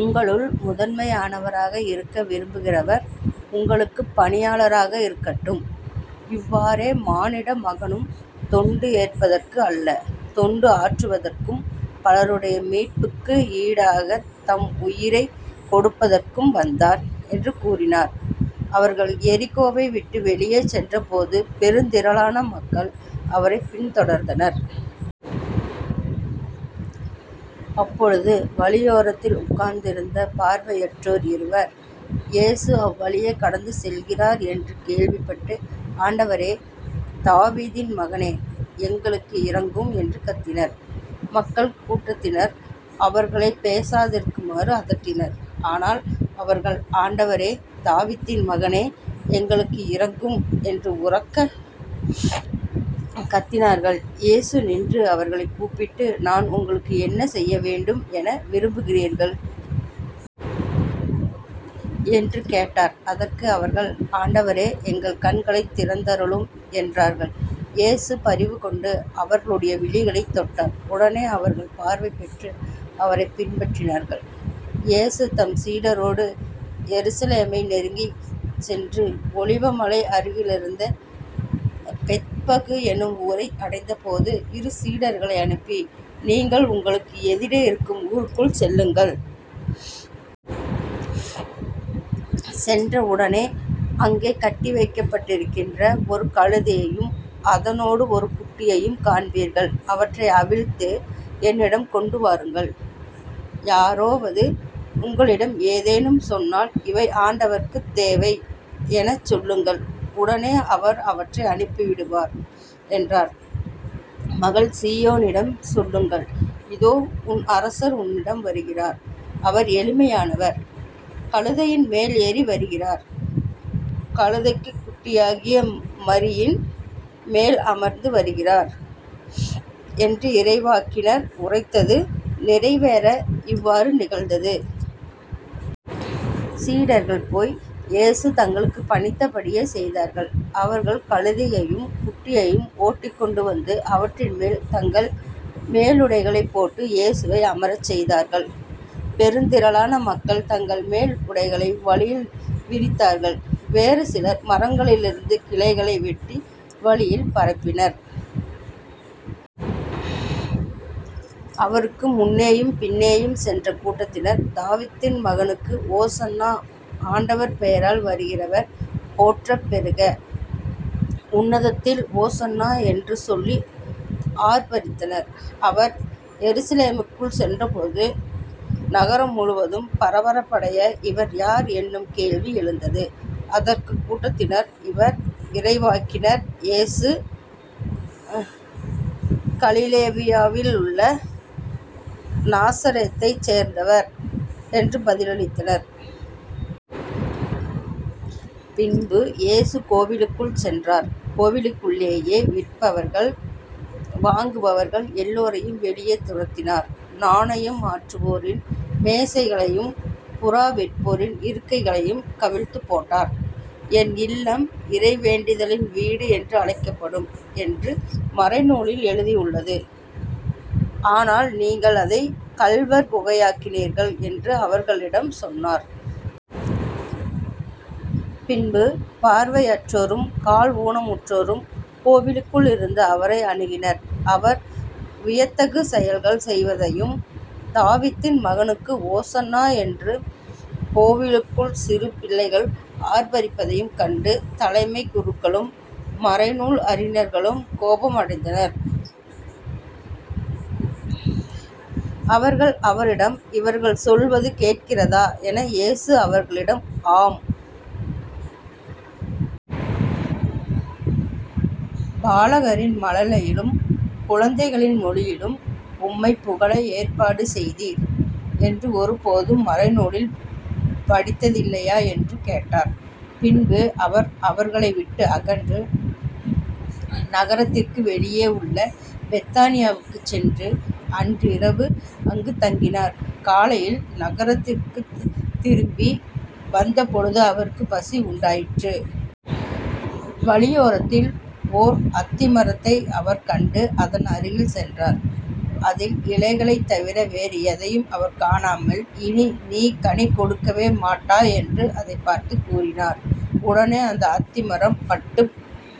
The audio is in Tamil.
உங்களுள் முதன்மையானவராக இருக்க விரும்புகிறவர் உங்களுக்குப் பணியாளராக இருக்கட்டும். இவ்வாறே மானிட மகனும் தொண்டு ஏற்பதற்கு அல்ல, தொண்டு ஆற்றுவதற்கும் பலருடைய மீட்புக்கு ஈடாகத் தம் உயிரைக் கொடுப்பதற்கும் வந்தார்" என்று கூறினார். அவர்கள் எரிகோவை விட்டு வெளியே சென்றபோது பெருந்திரளான மக்கள் அவரைப் பின்தொடர்ந்தனர். அப்பொழுது வழியோரத்தில் உட்கார்ந்திருந்த பார்வையற்றோர் இருவர் இயேசு அவ்வழியே கடந்து செல்கிறார் என்று கேள்விப்பட்டு,"ஆண்டவரே, தாவீதின் மகனே, எங்களுக்கு இரங்கும்" என்று கத்தினர். மக்கள் கூட்டத்தினர் அவர்களைப் பேசாதிருக்குமாறு அதட்டினர். ஆனால் அவர்கள்,"ஆண்டவரே, தாவீதின் மகனே, எங்களுக்கு இரங்கும்" என்று உரக்கக் கத்தினார்கள். இயேசு நின்று, அவர்களைக் கூப்பிட்டு,"நான் உங்களுக்கு என்ன செய்ய வேண்டும் என விரும்புகிறீர்கள்? " என்று கேட்டார். அதற்கு அவர்கள்,"ஆண்டவரே, எங்கள் கண்களைத் திறந்தருளும்" என்றார்கள். இயேசு பரிவு கொண்டு அவர்களுடைய விழிகளைத் தொட்டார். உடனே அவர்கள் பார்வை பெற்று, அவரைப் பின்பற்றினார்கள். இயேசு தம் சீடரோடு எருசலேமை நெருங்கிச் சென்று ஒலிவ மலை அருகிலிருந்த பெத்பகு என்னும் ஊரை அடைந்தபோது இரு சீடர்களை அனுப்பி, "நீங்கள் உங்களுக்கு எதிரே இருக்கும் ஊருக்குள் செல்லுங்கள். சென்ற உடனே அங்கே கட்டிவைக்கப்பட்டிருக்கிற ஒரு கழுதையையும் அதனோடு ஒரு குட்டியையும் காண்பீர்கள். அவற்றை அவிழ்த்து என்னிடம் கொண்டு வாருங்கள். யாரோவது உங்களிடம் ஏதேனும் சொன்னால்,"இவை ஆண்டவருக்குத் தேவை" எனச் சொல்லுங்கள். உடனே அவர் அவற்றை அனுப்பிவிடுவார்" என்றார். "மகள் சீயோனிடம் சொல்லுங்கள் இதோ உன் அரசர் உன்னிடம் வருகிறார் அவர் எளிமையுள்ளவர் கழுதையின் மேல் ஏறி வருகிறார் கழுதைக்குட்டியாகிய மறியின் மேல் அமர்ந்து வருகிறார்" என்று இறைவாக்கினர் உரைத்தது நிறைவேற இவ்வாறு நிகழ்ந்தது. சீடர்கள் போய் இயேசு தங்களுக்குப் பணித்த படியே செய்தார்கள். அவர்கள் கழுதையையும் குட்டியையும் ஓட்டிக் கொண்டு வந்து, அவற்றின் மேல் தங்கள் மேலுடைகளைப் போட்டு, இயேசுவை அமரச் செய்தார்கள். பெருந்திரளான மக்கள் தங்கள் மேல் உடைகளை வழியில் விரித்தார்கள். வேறு சிலர் மரங்களிலிருந்து கிளைகளை வெட்டி வழியில் பரப்பினர். அவருக்கு முன்னேயும் பின்னேயும் சென்ற கூட்டத்தினர்,"தாவீதின் மகனுக்கு ஓசன்னா. ஆண்டவர் பெயரால் வருகிறவர் போற்றப்பெறுக. உன்னதத்தில் ஓசன்னா. " என்று சொல்லி ஆர்ப்பித்தனர். அவர் எருசலேமுக்குள் சென்றபோது நகரம் முழுவதும் பரபரப்படைய,"இவர் யார்? " என்னும் கேள்வி எழுந்தது. அதற்குக் கூட்டத்தினர்,"இவர் இறைவாக்கினர் இயேசு கலிலேயாவிலுள்ள நாசரேத்தைச் சேர்ந்தவர்" என்று பதிலளித்தனர். பின்பு இயேசு கோவிலுக்குள் சென்றார் கோவிலுக்குள்ளேயே விற்பவர்கள், வாங்குபவர்கள் எல்லோரையும் வெளியே துரத்தினார். நாணயம் மாற்றுவோரின் மேசைகளையும் புறா விற்போரின் இருக்கைகளையும் கவிழ்த்துப் போட்டார். "என் இல்லம் இறைவேண்டலின் வீடு என அழைக்கப்படும் என்று மறைநூலில் எழுதியுள்ளது. ஆனால் நீங்கள் இதைக் கள்வர் குகையாக்குகிறீர்கள்" என்று அவர்களிடம் சொன்னார். பின்பு பார்வையற்றோரும் கால் ஊனமுற்றோரும் கோவிலுக்குள் இருந்த அவரை அணுகினர். அவர் வியத்தகு செயல்கள் செய்வதையும்"தாவீதின் மகனுக்கு ஓசன்னா" என்று கோவிலுக்குள் சிறு பிள்ளைகள் ஆர்ப்பிப்பதையும் கண்டு தலைமைக் குருக்களும், மறைநூல் அறிஞர்களும் கோபம் அடைந்தனர். அவர்கள் அவரிடம்,"இவர்கள் சொல்வது கேட்கிறதா? " என, இயேசு அவர்களிடம்,"ஆம். "பாலகரின் மழலையிலும் குழந்தைகளின் மொழியிலும் உம்மைப் புகழ ஏற்பாடு செய்தீர்" என்று ஒருபோதும் மறைநூலில் படித்ததில்லையா? " என்று கேட்டார். பின்பு அவர் அவர்களை விட்டு அகன்று நகரத்திற்கு வெளியே உள்ள பெத்தானியாவுக்குச் சென்று அன்றிரவு அங்குத் தங்கினார். காலையில் நகரத்திற்குத் திரும்பி வந்தபொழுது அவருக்குப் பசி உண்டாயிற்று. வழியோரத்தில் ஓர் அத்தி மரத்தை அவர் கண்டு அதன் அருகில் சென்றார். அதில் இலைகளைத் தவிர வேறு எதையும் அவர் காணாமல்,"இனி நீ கனி கொடுக்கவே மாட்டாய்" என்று அதைப் பார்த்துக் கூறினார். உடனே அந்த அத்தி மரம் பட்டுப்